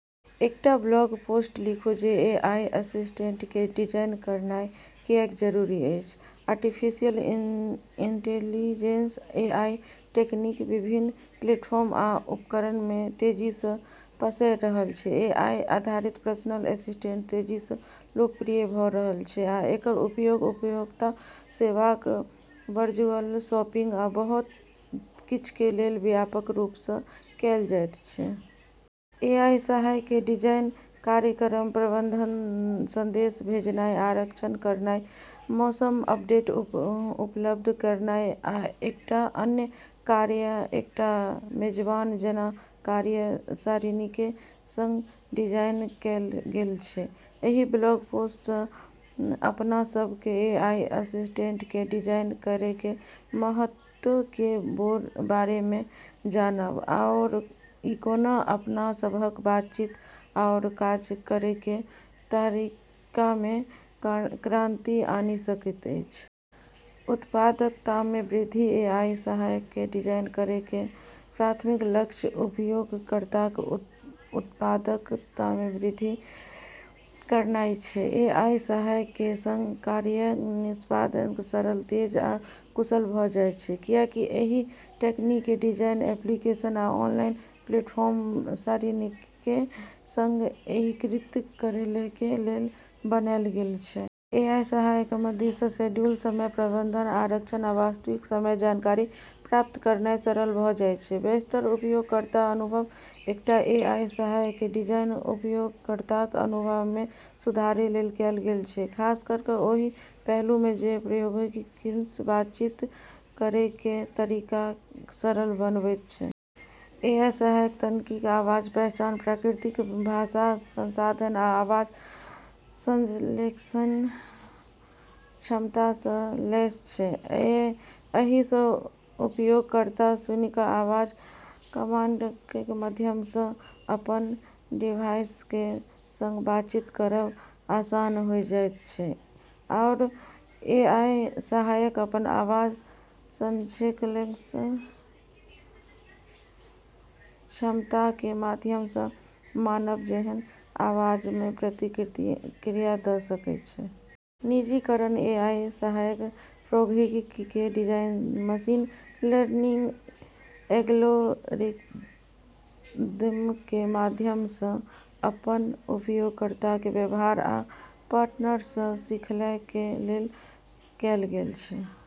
एकटा blog post लिखु जे एआई असिस्टेंटके डिजाइन करनाइ किएक जरूरी अछि । आर्टिफिशियल इंटेलिजेंस (एआई) तकनीक विभिन्न प्लेटफार्म आ उपकरणमे तेजीसँ पसैर रहल छै । एआई आधारित पर्सनल असिस्टेंट तेजीसँ लोकप्रिय भ' रहल छै आ एकर उपयोग उपभोक्ता सेवाक, वर्चुअल शॉपिंग आ बहुत किछके लेल व्यापक रूपसँ कैल जाइत छै । एआई सहायकके डिजाइन कार्यक्रमक प्रबंधन, संदेश भेजनाइ, आरक्षण करनाइ, मौसम अपडेट उपलब्ध करेनाइ, आ कएक टा अन्य कार्यक एकटा मेजबान जेना कार्यक सारिणीके सङ्ग डिजाइन कैल गेल छै । एहि ब्लॉग पोस् मे अपनासब एआई असिस्टेंटके डिजाइन करैके महत्वके बारेमे जानब आओर ई कोना अपना सबहक बातचीत आओर काज करैके तरीकामे क्रांति आनि सकैत अछि । उत्पादकतामे वृद्धि एआई सहायकके डिजाइन करैके प्राथमिक लक्ष्य उपयोगकर्ताकेँ उत्पादकतामे वृद्धि करनाइ छै । एआई सहायकके सङ्ग कार्यक निष्पादन सरल, तेज आ कुशल भ' जाइत छै, किएकि एहि तकनीकके डिजाइन एप्लीकेशन आ ऑनलाइन प्लेटफॉर्मक सारिणीके सङ्ग एकीकृत करैके लेल बनायल गेल छै । एआई सहायकके मदतिसँ शेड्यूलिंग, समय प्रबंधन, आरक्षण आ वास्तविक समय जानकारी प्राप्त करनाइ सरल भ' जाइत छै । बेहतर उपयोगकर्ता अनुभव एकटा एआई सहायकके डिजाइन उपयोगकर्ताक अनुभवमे सुधारके लेल कैल गेल छै खासकर ओहि पहलुमे जे ओ प्रौद्योगिकीसँ बातचीत करैके तरीकाके सरल बनबैत छै । एआई सहायक तकनीक आवाज पहचान, प्राकृतिक भाषा संसाधन आ आवाज संश्लेषण क्षमतासँ लैस छै । एहिसँ उपयोगकर्ता सुनिके आवाज कमांडके माध्यमसँ अपन डिवाइसके सङ्ग बातचीत करब आसान होइ जाइत छै आओर एआई सहायक अपन आवाज संश्लेषण क्षमताके माध्यमसँ मानव जेहन आवाजमे प्रतिक्रिया द' सकै छै। निजीकरण एआई सहायक प्रौद्योगिकीके डिजाइन मशीन लर्निंग एल्गोरिदमके माध्यमसँ अपन उपयोगकर्ताके व्यवहार आ पैटर्नसँ सीखयके लेल कैल गेल छै।